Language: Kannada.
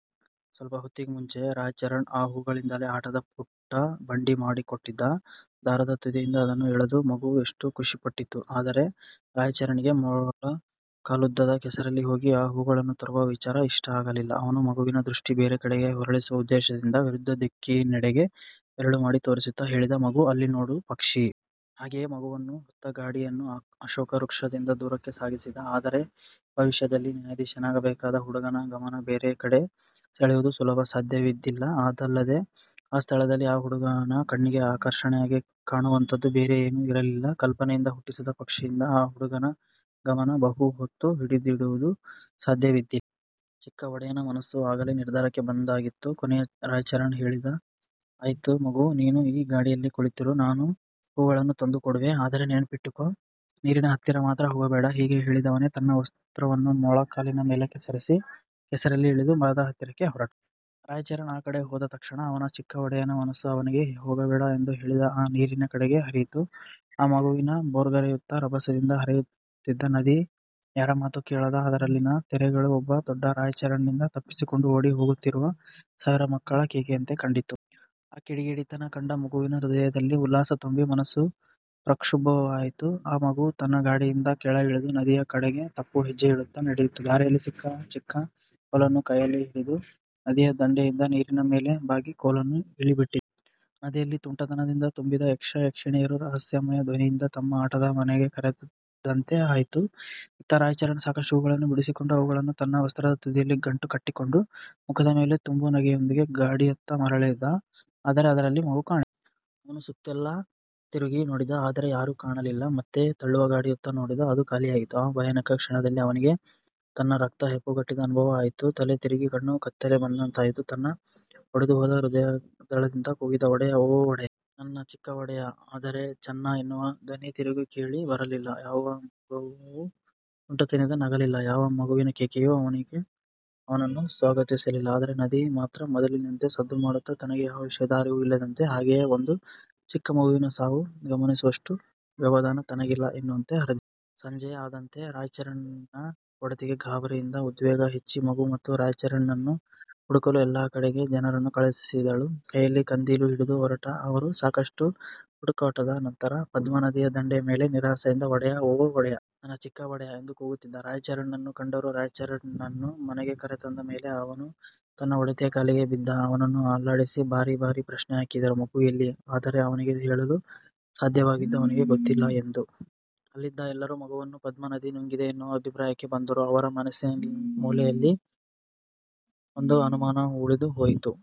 ಸ್ವಲ್ಪ ಹೊತ್ತಿಗೆ ಮುಂಚೆ ರಾಯಚರಣ್ ಆ ಹೂಗಳಿಂದಲೇ ಆಟದ ಪುಟ್ಟ ಬಂಡಿ ಮಾಡಿ ಕೊಟ್ಟಿದ್ದ. ದಾರದ ತುದಿಯಿಂದ ಅದನ್ನು ಎಳೆದು ಮಗು ಎಷ್ಟು ಖುಷಿ ಪಟ್ಟಿತ್ತು. ಆದರೆ ರಾಯಚರಣ್ ಗೆ ಮೊಳ ಕಾಲುದ್ದದ ಕೆಸರಲ್ಲಿ ಹೋಗಿ ಆ ಹೂಗಳನ್ನು ತರುವ ವಿಚಾರ ಇಷ್ಟ ಆಗಲಿಲ್ಲ. ಅವನು ಮಗುವಿನ ದೃಷ್ಟಿ ಬೇರೆ ಕಡೆಗೆ ಹೊರಳಿಸುವ ಉದ್ದೇಶದಿಂದ, ವಿರುದ್ಧ ದಿಕ್ಕಿನೆಡೆಗೆ ಬೆರಳು ಮಾಡಿ ತೋರಿಸುತ್ತ ಹೇಳಿದ "ಮಗು, ಅಲ್ಲಿ ನೋಡು ಪಕ್ಷಿ! ". ಹಾಗೆಯೇ ಮಗುವನ್ನು ಹೊತ್ತ ಗಾಡಿಯನ್ನು ಅಶೋಕ ವೃಕ್ಷದಿಂದ ದೂರಕ್ಕೆ ಸಾಗಿಸಿದ. ಆದರೆ, ಭವಿಷ್ಯದಲ್ಲಿ ನ್ಯಾಯಾಧೀಶನಾಗಬೇಕಾದ ಹುಡುಗನ ಗಮನ ಬೇರೆ ಕಡೆ ಸೆಳೆಯುವುದು ಸುಲಭ ಸಾಧ್ಯವಿದ್ದಿಲ್ಲ. ಅದಲ್ಲದೆ, ಆ ಸ್ಥಳದಲ್ಲಿ ಆ ಹುಡುಗನ ಕಣ್ಣಿಗೆ ಆಕರ್ಷಣೆಯಾಗಿ ಕಾಣುವಂಥದ್ದು ಬೇರೆ ಎನೂ ಇರಲಿಲ್ಲ. ಕಲ್ಪನೆಯಿಂದ ಹುಟ್ಟಿಸಿದ ಪಕ್ಷಿಯಿಂದ ಆ ಹುಡುಗನ ಗಮನ ಬಹು ಹೊತ್ತು ಹಿಡಿದಿಡುವುದು ಸಾಧ್ಯವಿದ್ದಿಲ್ಲ. ಚಿಕ್ಕ ಒಡೆಯನ ಮನಸ್ಸು ಆಗಲೇ ನಿರ್ಧಾರಕ್ಕೆ ಬಂದಾಗಿತ್ತು. ಕೊನೆಗೆ ರಾಯಚರಣ್ ಹೇಳಿದ "ಆಯಿತು, ಮಗು. ನೀನು ಈ ಗಾಡಿಯಲ್ಲೇ ಕುಳಿತಿರು. ನಾನು ಹೂ ಗಳನ್ನು ತಂದು ಕೊಡುವೆ. ಆದರೆ ನೆನಪಿಟ್ಟಿಕೋ, ನೀರಿನ ಹತ್ತಿರ ಮಾತ್ರ ಹೋಗಬೇಡ". ಹೀಗೆ ಹೇಳಿದವನೇ, ತನ್ನ ವಸ್ತ್ರವನ್ನು ಮೊಳ ಕಾಲಿನ ಮೇಲಕ್ಕೆ ಸರಿಸಿ, ಕೆಸರಲ್ಲಿ ಇಳಿದು, ಮರದ ಹತ್ತಿರಕ್ಕೆ ಹೊರಟ. ರಾಯಚರಣ್ ಆ ಕಡೆ ಹೋದ ತಕ್ಷಣ, ಅವನ ಚಿಕ್ಕ ಒಡೆಯನ ಮನಸ್ಸು ಅವನಿಗೆ ಹೋಗಬೇಡ ಎಂದು ಹೇಳಿದ ನೀರಿನ ಕಡೆಗೆ ಹರಿಯಿತು. ಅ ಮಗುವಿಗೆ ಭೋರ್ಗರೆಯುತ್ತಾ, ರಭಸದಿಂದ ಹರೆಯುತ್ತಿದ್ದ ನದಿ, ಯಾರ ಮಾತು ಕೇಳದ ಅದರಲ್ಲಿನ ತೆರೆಗಳು ಒಬ್ಬ ದೊಡ್ಡ ರಾಯಚರಣ್ ನಿಂದ ತಪ್ಪಿಸಿಕೊಂಡು ಓಡಿ ಹೋಗುತ್ತಿರುವ ಸಾವಿರ ಮಕ್ಕಳ ಕೇಕೆಯಂತೆ ಕಂಡಿತು. ಆ ಕಿಡಿಗೇಡಿತನ ಕಂಡ ಮಗುವಿನ ಹೃದಯದಲ್ಲಿ ಉಲ್ಲಾಸ ತುಂಬಿ ಮನಸ್ಸು ಪ್ರಕ್ಷುಬ್ಧವಾಯಿತು. ಆ ಮಗು ತನ್ನ ಗಾಡಿಯಿಂದ ಕೆಳಗಿಳಿದು, ನದಿಯ ಕಡೆಗೆ ತಪ್ಪು ಹೆಜ್ಜೆ ಇಡುತ್ತ ನಡೆಯಿತು. ದಾರಿಯಲ್ಲಿ ಸಿಕ್ಕ ಚಿಕ್ಕ ಕೋಲನ್ನು ಕೈಯಲ್ಲಿ ಹಿಡಿದು, ನದಿಯ ದಂಡೆಯಿಂದ ನೀರಿನ ಮೇಲೆ ಬಾಗಿ, ಕೋಲನ್ನು ಇಳಿ ಬಿಟ್ಟಿತು. ನದಿಯಲ್ಲಿ ತುಂಟತನದಿಂದ ತುಂಬಿದ ಯಕ್ಷ, ಯಕ್ಷಿಣಿಯರು ರಹಸ್ಯಮಯ ಧ್ವನಿಯಿಂದ ತಮ್ಮ ಆಟದ ಮನೆಗೆ ಕರೆದಂತೆ ಆಯಿತು. ಇತ್ತ ರಾಯಚರಣ್ ಸಾಕಷ್ಟು ಹೂ ಗಳನ್ನು ಬಿಡಿಸಿಕೊಂಡು, ಅವುಗಳನ್ನು ತನ್ನ ವಸ್ತ್ರದ ತುದಿಯಲ್ಲಿ ಗಂಟು ಕಟ್ಟಿಕೊಂಡು, ಮುಖದ ಮೇಲೆ ತುಂಬು ನಗೆಯೊಂದಿಗೆ ಗಾಡಿಯತ್ತ ಮರಳಿದ. ಆದರೆ ಅದರಲ್ಲಿ ಮಗುಕಾಣಿಸಲಿಲ್ಲ. ಅವನು ಸುತ್ತೆಲ್ಲ ತಿರುಗಿ ನೋಡಿದ, ಆದರೆ ಯಾರೂ ಕಾಣಲಿಲ್ಲ. ಮತ್ತೆ ತಳ್ಳುವ ಗಾಡಿಯತ್ತ ನೋಡಿದ, ಅದು ಖಾಲಿಯಾಗಿತ್ತು. ಆ ಭಯಾನಕ ಕ್ಷಣದಲ್ಲಿ, ಅವನಿಗೆ ತನ್ನ ರಕ್ತ ಹೆಪ್ಪುಗಟ್ಟಿದ ಅನುಭವ ಆಯಿತು. ತಲೆ ತಿರುಗಿ ಕಣ್ಣು ಕತ್ತಲೆ ಬಂದಂತಾಯಿತು. ತನ್ನ ಒಡೆದು ಹೋದ ಹೃದಯದಾಳದಿಂದ ಕೂಗಿದ "ಒಡೆಯ, ಓ ಒಡೆಯ. ನನ್ನ ಚಿಕ್ಕ ಒಡೆಯ". ಆದರೆ "ಚನ್ನಾ" ಎನ್ನುವ ಧ್ವನಿ ತಿರುಗಿ ಕೇಳಿ ಬರಲಿಲ್ಲ. ಯಾವ ಮಗುವೂ ತುಂಟತನದಿಂದ ನಗಲಿಲ್ಲ. ಯಾವ ಮಗುವಿನ ಕೇಕೆಯು ಅವನನ್ನು ಸ್ವಾಗತಿಸಲಿಲ್ಲ. ಆದರೆ ನದಿ ಮಾತ್ರ ಮೊದಲಿನಂತೆ ಸದ್ದು ಮಾಡುತ್ತಾ, ತನಗೆ ಯಾವ ವಿಷಯದ ಅರಿವೂ ಇಲ್ಲದಂತೆ ಹಾಗೆಯೇ ಒಂದು ಚಿಕ್ಕ ಮಗುವಿನ ಸಾವು ಗಮನಿಸುವಷ್ಟು ವ್ಯವಧಾನ ತನಗಿಲ್ಲ ಎನ್ನುವಂತೆ ಹರಿದಿತ್ತು. ಸಂಜೆ ಆದಂತೆ ರಾಯಚರಣ್ ನ ಒಡತಿಗೆ ಗಾಬರಿಯಿಂದ ಉದ್ವೇಗ ಹೆಚ್ಚಿ, ಮಗು ಮತ್ತು ರಾಯಚರಣ್ ನನ್ನು ಹುಡುಕಲು ಎಲ್ಲ ಕಡೆಗೆ ಜನರನ್ನು ಕಳಿಸಿದಳು. ಕೈಯಲ್ಲಿ ಕಂದೀಲು ಹಿಡಿದು ಹೋರಟ ಅವರು ಸಾಕಷ್ಟು ಹುಡುಕಾಟದ ನಂತರ ಪದ್ಮ ನದಿಯ ದಂಡೆಯ ಮೇಲೆ, ನಿರಾಸೆಯಿಂದ "ಒಡೆಯ, ಓ ಒಡೆಯ. ನನ್ನ ಚಿಕ್ಕ ಒಡೆಯ" ಎಂದು ಕೂಗುತ್ತಿದ್ದ ರಾಯಚರಣ್ ನನ್ನು ಕಂಡರು. ರಾಯಚರಣ್ ನನ್ನು ಮನೆಗೆ ಕರೆ ತಂದ ಮೇಲೆ ಅವನು ತನ್ನ ಒಡತಿಯ ಕಾಲಿಗೆ ಬಿದ್ದ. ಅವನನ್ನು ಅಲ್ಲಾಡಿಸಿ, ಬಾರಿ ಬಾರಿ ಪ್ರಶ್ನೆ ಹಾಕಿದರು "ಮಗು ಎಲ್ಲಿ". ಆದರೆ ಅವನಿಗೆ ಹೇಳಲು ಸಾಧ್ಯವಾಗಿದ್ದು ಅವನಿಗೆ ಗೊತ್ತಿಲ್ಲ ಎಂದು. ಅಲ್ಲಿದ್ದ ಎಲ್ಲರೂ ಮಗುವನ್ನು ಪದ್ಮ ನದಿ ನುಂಗಿದೆ ಎನ್ನುವ ಅಭಿಪ್ರಾಯಕ್ಕೆ ಬಂದರೂ, ಅವರ ಮನಸ್ಸಿನ ಮೂಲೆಯಲ್ಲಿ ಒಂದು ಅನುಮಾನ ಉಳಿದು ಹೋಯಿತು.